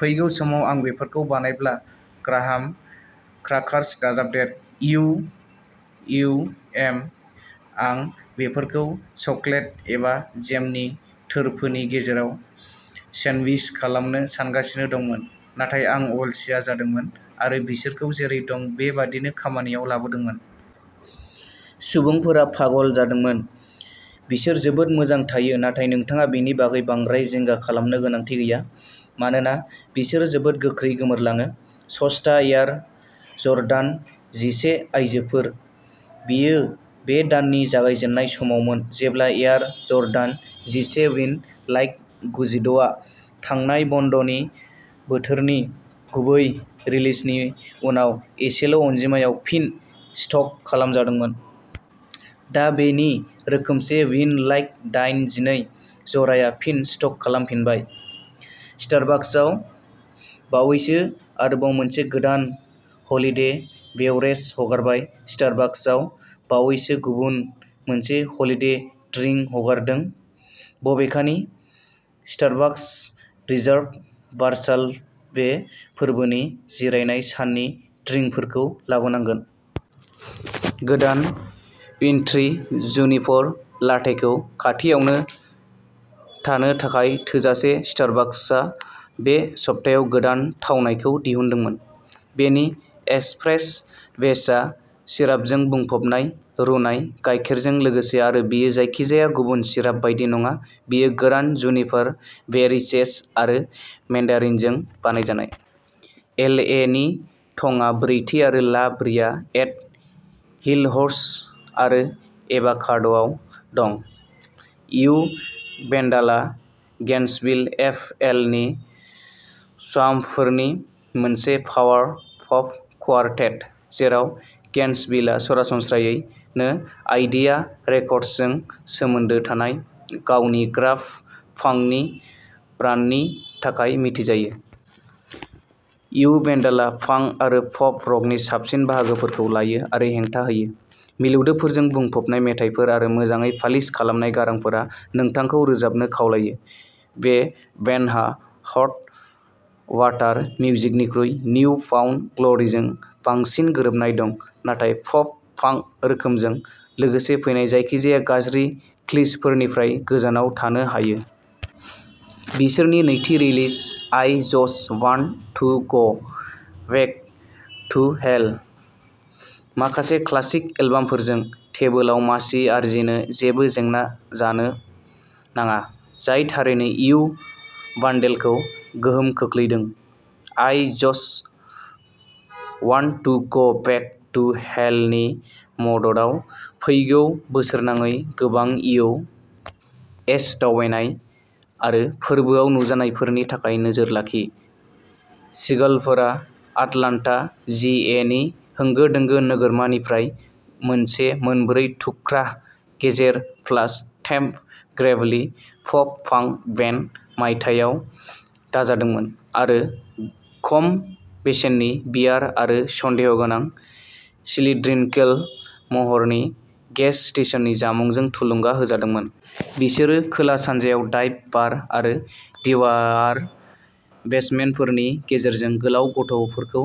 फैगौ समाव आं बेफोरखौ बानायब्ला ग्राहाम क्राकार्स दाजाबदेर। इउ. इउ. एम. आं बेफोरखौ चकलेट एबा जेमनि थोरफोनि गेजेराव सेन्डविच खालामनो सानगासिनो दंमोन। नाथाय आं अलसिया जादोंमोन आरो बिसोरखौ जेरै दं बे बादिनो खामानियाव लाबोदोंमोन। सुबुंफोरा पागल जादोंमोन। बिसोर जोबोद मोजां थायो। नाथाय नोंथाङा बेनि बागै बांद्राय जिंगा खालामनो गोनांथि गैया। मानोना बिसोरो जोबोद गोख्रै गोमोरलाङो। सस्ता एयार जर्डान जिसे आयजोफोर बेयो बे दाननि जागायजेन्नाय समावमोन जेब्ला एयार जर्डान जिसे विन लाइक गुजिद’ आ थांनाय बन्दनि बोथोरनि गुबै रिलिजनि उनाव एसेल'अनजिमायाव फिन स्टक खालामजादोंमोन। दा बेनि रोखोमसे विन लाइक दाइन जिनै जराया फिन स्टक खालामफिनबाय। स्टारबाकसआ बावैसो आरोबाव मोनसे गोदान हलिदे बेवरेज हगारबाय स्टारबाकसआ बावैसो गुबुन मोनसे हलिदे ड्रिंक हगारदों। बबेखानि, स्टारबाकस रिजार्भ बार्सालबे फोरबोनि जिरायनाय साननि ड्रिंकफोरखौ लाबोनांगोन। गोदान इन्ट्री जुनिपर लाटेखौ खाथियावनो थानो थाखाय थोजासे। स्टारबाक्सआ बे सप्तायाव गोदान थावनायखौ दिहुनदोंमोन। बेनि एस्प्रेसबेसआ सिरापजों बुंफबनाय रुनाय गायखेरजों लोगोसे आरो बेयो जायखिजाया गुबुन सिराप बायदि नङा बेयो गोरान जुनिपार बेरि सेज आरो मेन्डारिनजों बानायजानाय। एल. ए. नि थंआ ब्रैथि आरो ला ब्रिया एट हिलहर्स्ट आरो एभाकाद'आव दं। इउ भेन्डालआ गेन्सविल एफ. एल. नि स्वाम्पफोरनि मोनसे पावार पप कवारटेट। जेराव गेन्सविलआ सरासनस्रायै नो आइडिया रेकर्डसजों सोमोन्दो थानाय गावनि ग्राफ पांकनि ब्रान्डनि थाखाय मिथिजायो। इउ भेन्डालआ पांक आरो पप-रकनि साबसिन बाहागोफोरखौ लायो आरो हेंथा होयो। मिलौदोफोरजों बुंफबनाय मेथाइफोर आरो मोजाङै पालिश खालामनाय गारांफोरा नोंथांखौ रोजाबनो खावलायो। बे बेन्डहा हट वाटार मिउजिकनिख्रुइ निउ फाउन्ड ग्ल'रिजों बांसिन गोरोबनाय दं, नाथाय पप-पांक रोखोमजों लोगोसे फैनाय जायखिजाया गाज्रि क्लिचफोरनिफ्राय गोजानाव थानो हायो। बिसोरनि नैथि release I just want to go back to hell. माखासे क्लासिक एलबामफोरजों टेबोलाव मासि आरजिनो जेबो जेंना जानो नाङा। जाय थारैनो इउ भानडेलखौ गोहोम खोख्लैदों। I just want to go back to हेलनि मददाव फैगौ बोसोरनाङै गोबां इउ. एस. दावबायनाय आरो फोरबोआव नुजानायफोरनि थाखाय नोजोर लाखि। सिगलफोरा आटलान्टा जि. ए. नि होंगो-दोंगो नोगोरमानिफ्राय मोनसे मोनब्रै थुख्रा गेजेर प्लास टेम्प ग्रेभलि पप पांक बेन्ड। मायथाइयाव दाजादोंमोन आरो खम बेसेननि बियार आरो सन्देहगोनां सिलिन्ड्रिकेल महरनि गेस स्टेशननि जामुंजों थुलुंगा होजादोंमोन। बिसोरो खोला-सानजायाव डाइभ बार आरो डिवायार बेसमेन्टफोरनि गेजेरजों गोलाव गथ'फोरखौ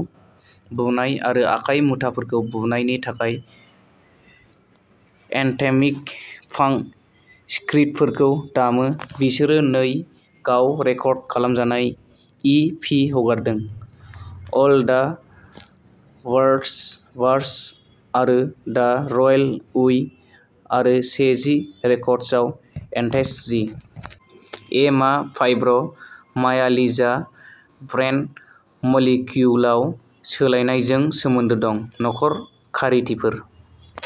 बुनाय आरो आखाइ मुथाफोरखौ बुनायनि थाखाय एन्थेमिक पांक स्क्रीडफोरखौ दामो। बिसोरो नै गाव रेकर्ड खालामजानाय इ. पि. हगारदों। अल दा वर्ल्ड्स वार्स आरो दा रयेल उइ आरो से-जि रेकर्डसआव एथेन्स जि. ए. मा फाइब्र' मायालिजया ब्रेन मलिक्युलाव सोलायनायजों सोमोन्दो दं। न'खर खारिथिफोर